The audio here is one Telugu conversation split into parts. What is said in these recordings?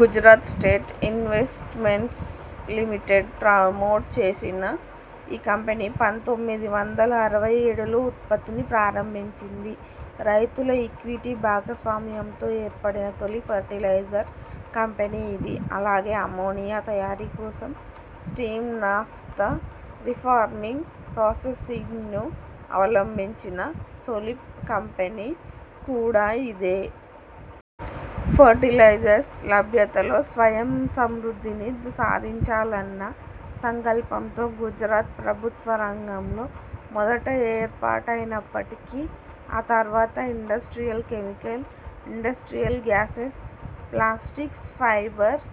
Gujarat state investments limited promote చేసిన ఈ కంపెనీ పంతొమ్మిది వందల అరవై ఏడులో ఉత్పత్తిని ప్రారంభించింది. రైతుల ఈక్విటీ భాగస్వామ్యంతో ఏర్పడిన తొలి ఫెర్టిలైజర్ కంపెనీ ఇది. అలాగే అమ్మోనియా తయారీ కోసం స్టీమ్ నాఫ్తా రిఫార్మింగ్ ప్రాసెసింగ్ను అవలంబించిన తొలి కంపెనీ కూడా ఇదే. ఫెర్టిలైజర్స్ లభ్యతలో స్వయం సమృద్ధిని సాధించాలన్న సంకల్పంతో గుజరాత్ ప్రభుత్వ రంగంలో మొదట ఏర్పాటైనప్పటికీ ఆ తర్వాత industrial chemicals, industrial gases, plastics, fibres,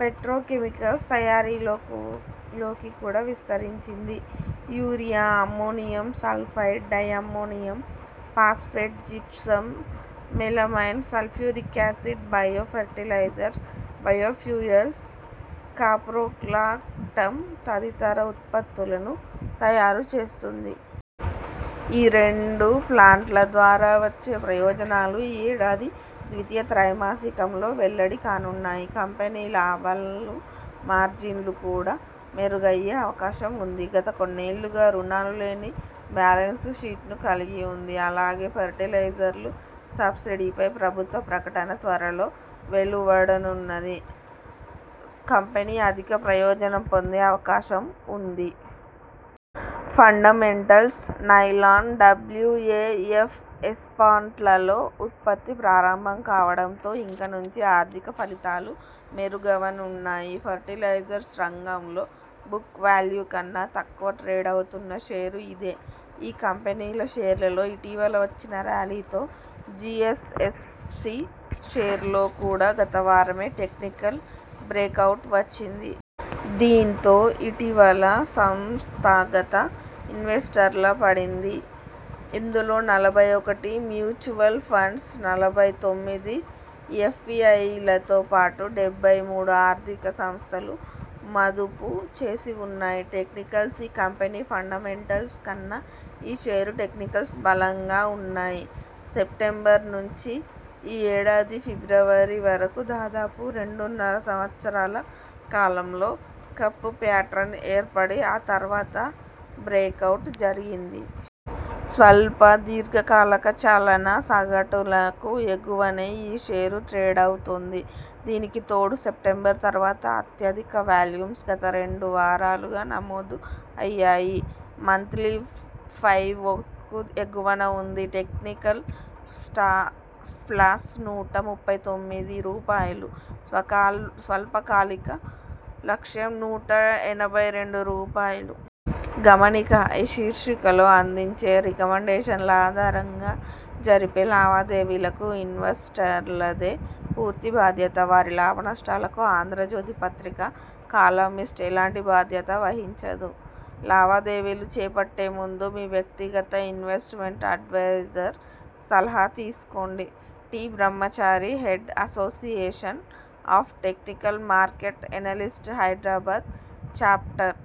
petrochemicals తయారీలోకు లోకి కూడా విస్తరించింది. Urea, ammonium, sulphide, di ammonium phosphate, gypsum, melamine, sulphuric acid, bio fertilisers, bio fuels, caprolactam తదితర ఉత్పత్తులను తయారు చేస్తోంది. ఈ రెండు ప్లాంట్ల ద్వారా వచ్చే ప్రయోజనాలు ఈ ఏడాది ద్వితీయ త్రైమాసికంలో వెల్లడి కానున్నాయి. కంపెనీ లాభాల మార్జిన్లు కూడా మెరుగయ్యే అవకాశం ఉంది. గత కొన్నేళ్లుగా రుణాలు లేని బ్యాలెన్స్ షీట్ను కలిగి ఉంది. అలాగే ఫెర్టిలైజర్లు సబ్సిడీపై ప్రభుత్వ ప్రకటన త్వరలో వెలువడనున్నది కంపెనీ అధిక ప్రయోజనం పొందే అవకాశం ఉంది. ఫండమెంటల్స్. నైలాన్, డబ్ల్యుఎఎఫ్ఎస్ప్లాంట్లలో ఉత్పత్తి ప్రారంభం కావటంతో ఇక నుంచి ఆర్థిక ఫలితాలు మెరుగవనున్నాయి. ఫెర్టిలైజర్స్ రంగంలో బుక్ వాల్యూ కన్నా తక్కువగా ట్రేడవుతున్న షేరు ఇదే. ఈ కంపెనీల షేర్లలో ఇటీవల వచ్చిన ర్యాలీతో జిఎస్ఎఫ్సి షేరులో కూడా గత వారమే టెక్నికల్ బ్రేకౌట్ వచ్చింది. దీంతో ఇటీవల సంస్థాగత ఇన్వెస్టర్ల పడింది. ఇందులో నలభై ఒకటి మ్యూచువల్ ఫండ్స్, నలభై తొమ్మిది ఎఫ్పిఐలతో పాటు డెబ్బై మూడు ఆర్థిక సంస్థలు మదుపు చేసి ఉన్నాయి. టెక్నికల్స్.. ఈ కంపెనీ ఫండమెంటల్స్ కన్నా ఈ షేరు టెక్నికల్స్ బలంగా ఉన్నాయి. సెప్టెంబరు, నుంచి ఈ ఏడాది ఫిబ్రవరి వరకు దాదాపు రెండున్నర సంవత్సరాల కాలంలో కప్ ప్యాట్రన్ ఏర్పడి ఆ తర్వాత బ్రేకౌట్ జరిగింది. స్వల్ప, దీర్ఘకాలక చలన సగటులకు ఎగువనే ఈ షేరు ట్రేడవుతోంది. దీనికి తోడు సెప్టెంబరు, తర్వాత అత్యధిక వాల్యూమ్స్ గత రెండు వారాలుగా నమోదు అయ్యాయి. మంత్లీ పైవోట్కు ఎగువన ఉంది. టెక్నికల్ స్టాప్లాస్ నూట ముప్పై తొమ్మిది రూపాయలు. స్వకాల స్వల్పకాలిక లక్ష్యం నూట ఎనభై రెండు రూపాయలు. గమనిక ఈ శీర్షికలో అందించే రికమండేషన్ల ఆధారంగా జరిపే లావాదేవీలకు ఇన్వెస్టర్లదే పూర్తి బాధ్యత. వారి లాభనష్టాలకు ఆంధ్రజ్యోతి పత్రిక, కాలమిస్ట్ ఎలాంటి బాధ్యత వహించదు. లావాదేవీలు చేపట్టే ముందు మీ వ్యక్తిగత ఇన్వె్స్టమెంట్ అడ్వైజర్ సలహా తీసుకోండి. T Brahmachari head, association of technical market analyst, Hyderabad chapter